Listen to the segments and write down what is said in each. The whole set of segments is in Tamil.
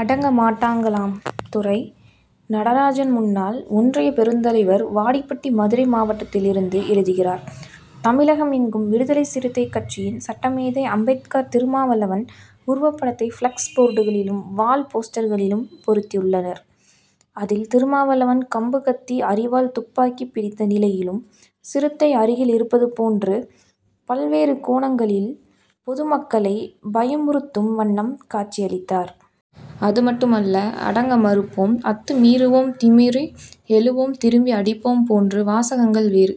அடங்க மாட்டாங்களாம்! துரை. நடராஜன் முன்னாள் ஒன்றிய பெருந்தலைவர் வாடிப்பட்டி மதுரை மாவட்டத்திலிருந்து எழுதுகிறார் தமிழகமெங்கும் விடுதலை சிறுத்தை கட்சியினர் சட்டமேதை அம்பேத்கர் திருமாவளவன் உருவப்படத்தை பிளக்ஸ் போர்டுகளிலும் வால் போஸ்டர்களிலும் பொறித்துள்ளனர். அதில் திருமாவளவன் கம்பு கத்தி அரிவாள் துப்பாக்கி பிடித்த நிலையிலும் சிறுத்தை அருகில் இருப்பது போன்றும் பல்வேறு கோணங்களில் பொதுமக்களை பயமுறுத்தும் வண்ணம் காட்சியளித்தார். அதுமட்டுமல்ல அடங்க மறுப்போம் அத்து மீறுவோம் திமிறி எழுவோம் திருப்பி அடிப்போம் போன்ற வாசகங்கள் வேறு.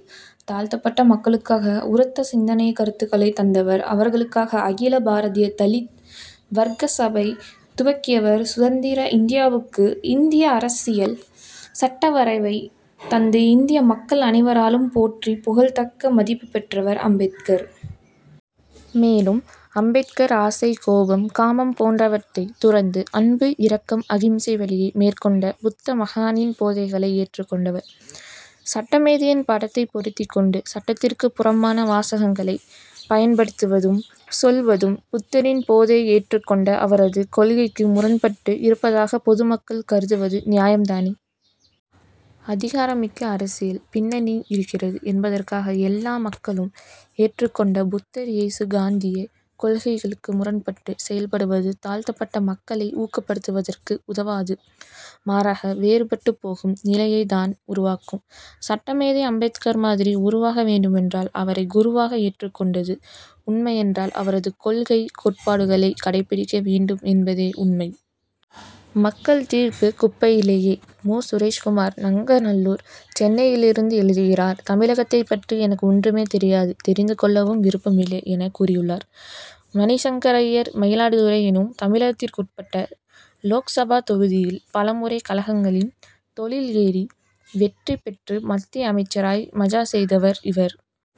தாழ்த்தப்பட்ட மக்களுக்காக உரத்த சிந்தனைக் கருத்துக்களை தந்தவர் அவர்களுக்காக அகில பாரதிய தலீத் வர்க்க சபை துவக்கியவர் சுதந்திர இந்தியாவுக்கு இந்திய அரசியல் சட்ட வரைவைத் தந்து இந்திய மக்கள் அனைவராலும் போற்றி புகழத்தக்க மதிப்பு பெற்றவர் அம்பேத்கர். மேலும் அம்பேத்கர் ஆசை கோபம் காமம் போன்றவற்றை துறந்து அன்பு இரக்கம் அகிம்சை வழியை மேற்கொண்ட புத்த மகானின் போதனைகளை ஏற்றுக் கொண்டவர். சட்டமேதையின் படத்தை பொறித்துக் கொண்டு சட்டத்திற்கு புறம்பான வாசகங்களை பயன்படுத்துவதும் சொல்வதும் புத்தரின் போதனை ஏற்றுக் கொண்ட அவரது கொள்கைக்கு முரண்பட்டு இருப்பதாக பொதுமக்கள் கருதுவது நியாயம் தானே. அதிகாரமிக்க அரசியல் பின்னணி இருக்கிறது என்பதற்காக எல்லா மக்களும் ஏற்றுக் கொண்ட புத்தர் இயேசு காந்திய கொள்கைகளுக்கு முரண்பட்டு செயல்படுவது தாழ்த்தப்பட்ட மக்களை ஊக்கப்படுத்துவதற்கு உதவாது மாறாக வேறுபட்டு போகும் நிலையைத் தான் உருவாக்கும். சட்டமேதை அம்பேத்கர் மாதிரி உருவாக வேண்டுமென்றால் அவரை குருவாக ஏற்றுக் கொண்டது உண்மையென்றால் அவரது கொள்கை கோட்பாடுகளை கடைப்பிடிக்க வேண்டும் என்பதே உண்மை. மக்கள் தீர்ப்பு குப்பையிலே மு. சுரேஷ்குமார் நங்கநல்லூர் சென்னையிலிருந்து எழுதுகிறார் தமிழகத்தைப் பற்றி எனக்கு ஒன்றுமே தெரியாது தெரிந்து கொள்ளவும் விருப்பம் இல்லை என கூறியுள்ளார் மணிசங்கர் ஐயர். மயிலாடுதுறை எனும் தமிழகத்திற்குட்பட்ட லோக்சபா தொகுதியில் பலமுறை கழகங்களின் தோளில் ஏறி வெற்றி பெற்று மத்திய அமைச்சராய் மஜா செய்தவர் இவர்.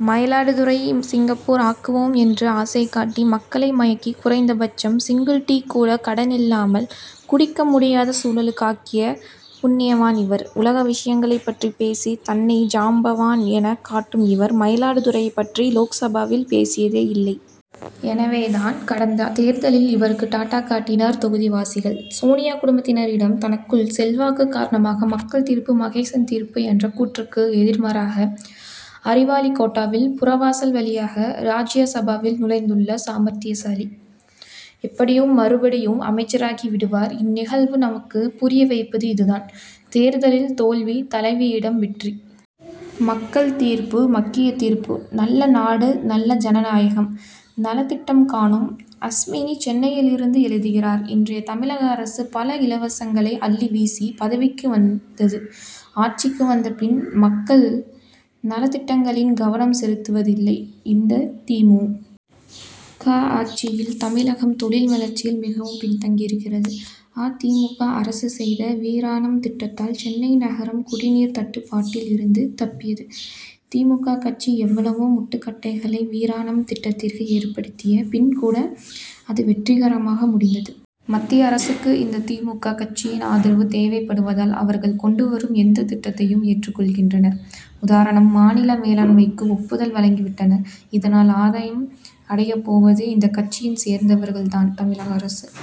மயிலாடுதுறையை சிங்கப்பூர் ஆக்குவேன் என்று ஆசை காட்டி மக்களை மயக்கி குறைந்தபட்சம் சிங்கிள் டீ கூட கடனில்லாமல் குடிக்க முடியாத சூழலுக்கு ஆக்கிய புண்ணியவான் இவர். உலக விஷயங்களைப் பற்றி பேசி தன்னை ஜாம்பவான் எனக் காட்டும் இவர் மயிலாடுதுறையைப் பற்றி லோக்சபாவில் பேசியதே இல்லை. எனவே தான் கடந்த தேர்தலில் இவருக்கு டாட்டா காட்டினர் தொகுதிவாசிகள்! சோனியா குடும்பத்தினரிடம் தனக்குள்ள செல்வாக்கு காரணமாக மக்கள் தீர்ப்பு மகேசன் தீர்ப்பு என்ற கூற்றுக்கு எதிர்மாறாக அறிவாளி கோட்டாவில் புறவாசல் வழியாக ராஜ்ய சபாவில் நுழைந்துள்ள சாமர்த்தியசாலி. எப்படியும் மறுபடியும் அமைச்சராகி விடுவார். இந்நிகழ்வு நமக்குப் புரிய வைப்பது இதுதான் தேர்தலில் தோல்வி தலைவியிடம் வெற்றி! மக்கள் தீர்ப்பு மக்கிய தீர்ப்பு! நல்ல நாடு நல்ல ஜனநாயகம்! நலத்திட்டம் காணோம்! அஸ்வினி சென்னையிலிருந்து எழுதுகிறார் இன்றைய தமிழக அரசு பல இலவசங்களை அள்ளி வீசி பதவிக்கு வந்தது ஆட்சிக்கு வந்த பின் மக்கள் நலத் திட்டங்களில் கவனம் செலுத்தவில்லை. இந்த தி. மு. க. ஆட்சியில் தமிழகம் தொழில் வளர்ச்சியில் மிகவும் பின்தங்கியிருக்கிறது. அ. தி. மு. க. அரசு செய்த வீராணம் திட்டத்தால் சென்னை நகரம் குடிநீர் தட்டுப்பாட்டில் இருந்து தப்பியது. தி. மு. க. கட்சி எவ்வளவோ முட்டுக்கட்டைகளை வீராணம் திட்டத்திற்கு ஏற்படுத்திய பின் கூட அது வெற்றிகரமாக முடிந்தது. மத்திய அரசுக்கு இந்த தி. மு. க. கட்சியின் ஆதரவு தேவைப்படுவதால் அவர்கள் கொண்டு வரும் எந்தத் திட்டத்தையும் ஏற்றுக் கொள்கின்றனர். உதாரணமாக மாநில மேலவைக்கு ஒப்புதல் வழங்கி விட்டனர். இதனால் ஆதாயம் அடையப் போவது இந்தக் கட்சியைச் சேர்ந்தவர்கள் தான். தமிழக அரசு